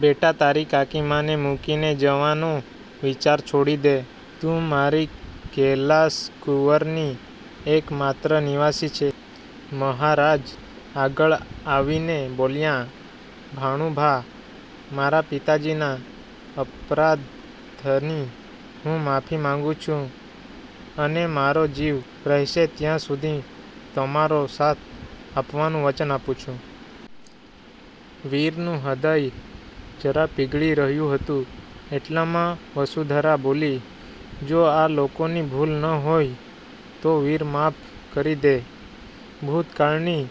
બેટા તારી કાકીમાને મૂકીને જવાનો વિચાર છોડી દે. તું મારી કૈલાસકુંવરની એકમાત્ર નિવાસી છે.." મહારાજ આગળ આવીને બોલ્યાં,"ભાણુભા મારાં પિતાજીના અપરાધની હું માફી માગુ છું. અને મારો જીવ રહેશે ત્યાં સુધી તમારો સાથ આપવાનું વચન આપું છું." વીરનું હ્નદય જરા પીગળી રહ્યુ હતું, એટલામાં વસુંધરા બોલી,"જો આ લોકોની ભૂલ ન હોય તો વીર માફ કરી દે, ભૂતકાળની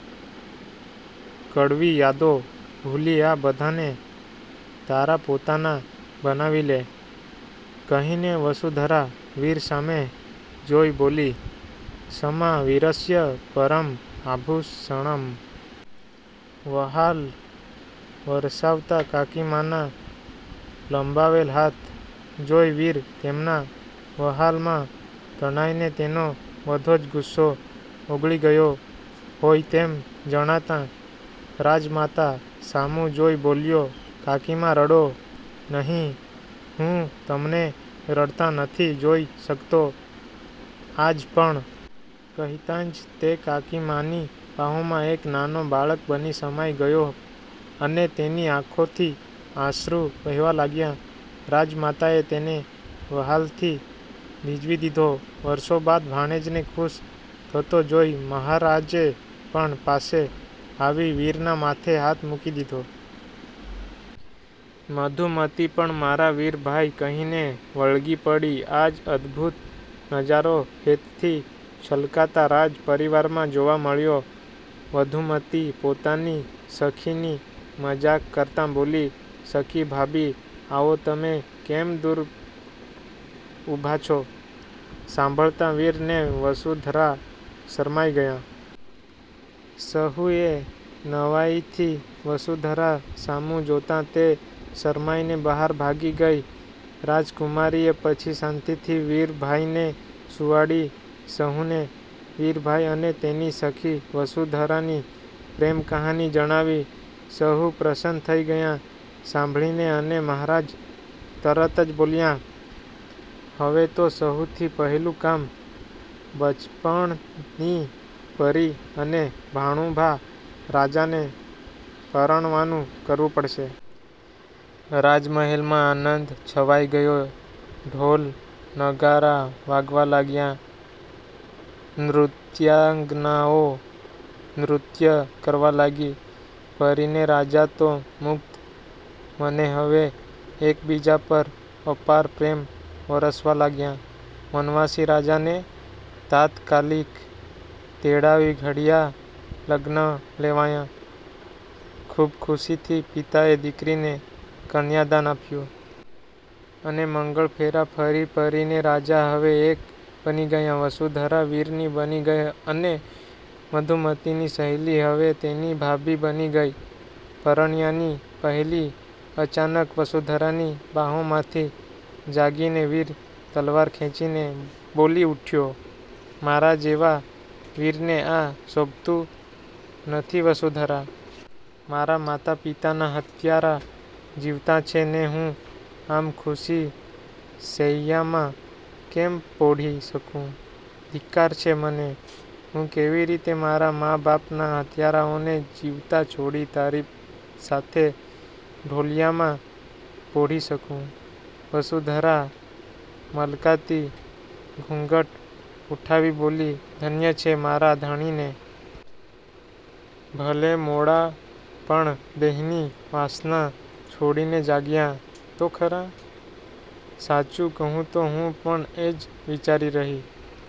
કડવી યાદો ભૂલી આ બધાને તારા પોતાનાં બનાવી લે." કહીને વસુંધરા વીર સામે જોઈ બોલી,"ક્ષમા વિરસ્ય પરમ આભુષણમ." વહાલ વરસાવતા કાકીમાંના લંબાવેલ હાથ જોઈ વીર તેમનાં વ્હાલમાં તણાઈને તેનો બધો જ ગુસ્સો ઓગળી ગયો હોય તેમ જણાતાં રાજમાતા સામું જોઈ બોલ્યો,"કાકીમા રડો નહીં, હું તમને રડતાં નથી જોઈ શકતો આજ પણ. " કહેતાં જ તે કાકીમાની બાહોમાં એક નાનો બાળક બની સમાઈ ગયો અને તેની આંખોથી અશ્રૂ વહેવા લાગ્યાં. રાજમાતાએ તેને વ્હાલથી ભીંજવી દીધો. વરસો બાદ ભાણેજને ખુશ થતો જોઈ મહારાજે પણ પાસે આવી વીરનાં માથે હાથ મૂકી દીધો. મધુમતી પણ "મારાં વીર ભાઈ" કહીને વળગી પડી. આજ અદભુત નજારો હેતથી છલકતાં રાજ પરિવારમાં જોવા મળ્યો. મધુમતી પોતાની સખીની મજાક કરતાં બોલી,"સખી ભાભી આવો તમે કેમ દુર ઊભાં છો." સાંભળતાં વીર ને વસુંધરા શરમાઈ ગયાં. સહુએ નવાઈથી વસુંધરા સામું જોતાં તે શરમાઈને બહાર ભાગી ગઈ. રાજકુમારીએ પછી શાંતિથી વીરભાઈને સુવાડી સહુને વીરભાઈ અને તેની સખી વસુંધરાની પ્રેમકહાની જણાવી. સહુ પ્રસન્ન થઈ ગયાં સાંભળીને અને મહારાજ તરત જ બોલ્યાં,"હવે તો સહુથી પહેલું કામ બચપણની પરી અને ભાણુભા રાજાને પરણવાનું કરવું પડશે." રાજ મહેલમાં આનંદ છવાઈ ગયો ઢોલ, નગારાં વાગવા લાગ્યાં. નૃત્યાંગનાઓ નૃત્ય કરવા લાગી. પરીને રાજા તો મુકત મને હવે એકબીજા પર અપાર પ્રેમ વરસવા લાગ્યાં. વનવાસી રાજાને તાત્કાલિક તેડાવી ઘડિયા લગ્ન લેવાયા. ખુબ ખુશીથી પિતાએ દીકરીને કન્યાદાન આપ્યું. અને મંગળફેરા ફરી પરીને રાજા હવે એક બની ગયાં. વસુંધરા વીરની બની ગઈ અને મધુમતીની સહેલી હવે તેની ભાભી બની ગઈ. પરણ્યાની પહેલી અચાનક વસુંધરાની બાંહોમાંથી જાગીને વીર તલવાર ખેંચીને બોલી ઉઠ્યો,"મારાં જેવાં વીરને આ શોભતું નથી વસુંધરા! મારાં માતા પિતાનાં હત્યારા જીવતાં છે ને હું આમ ખુશી શૈયામાં કેમ પોઢી શકૂં? ધિક્કાર છે મને! હું કેવી રીતે મારાં મા બાપના હત્યારાઓને જીવતાં છોડી તારી સાથે ઢોલિયામાં પોઢી શકૂં?" વસુંધરા મલકાતી ઘૂંઘટ ઉઠાવી બોલી,"ધન્ય છે મારાં ધણીને! ભલે મોડા પણ દેહની વાસના છોડીને જાગ્યા તો ખરાં. સાચું કહું તો હું પણ એ જ વિચારી રહી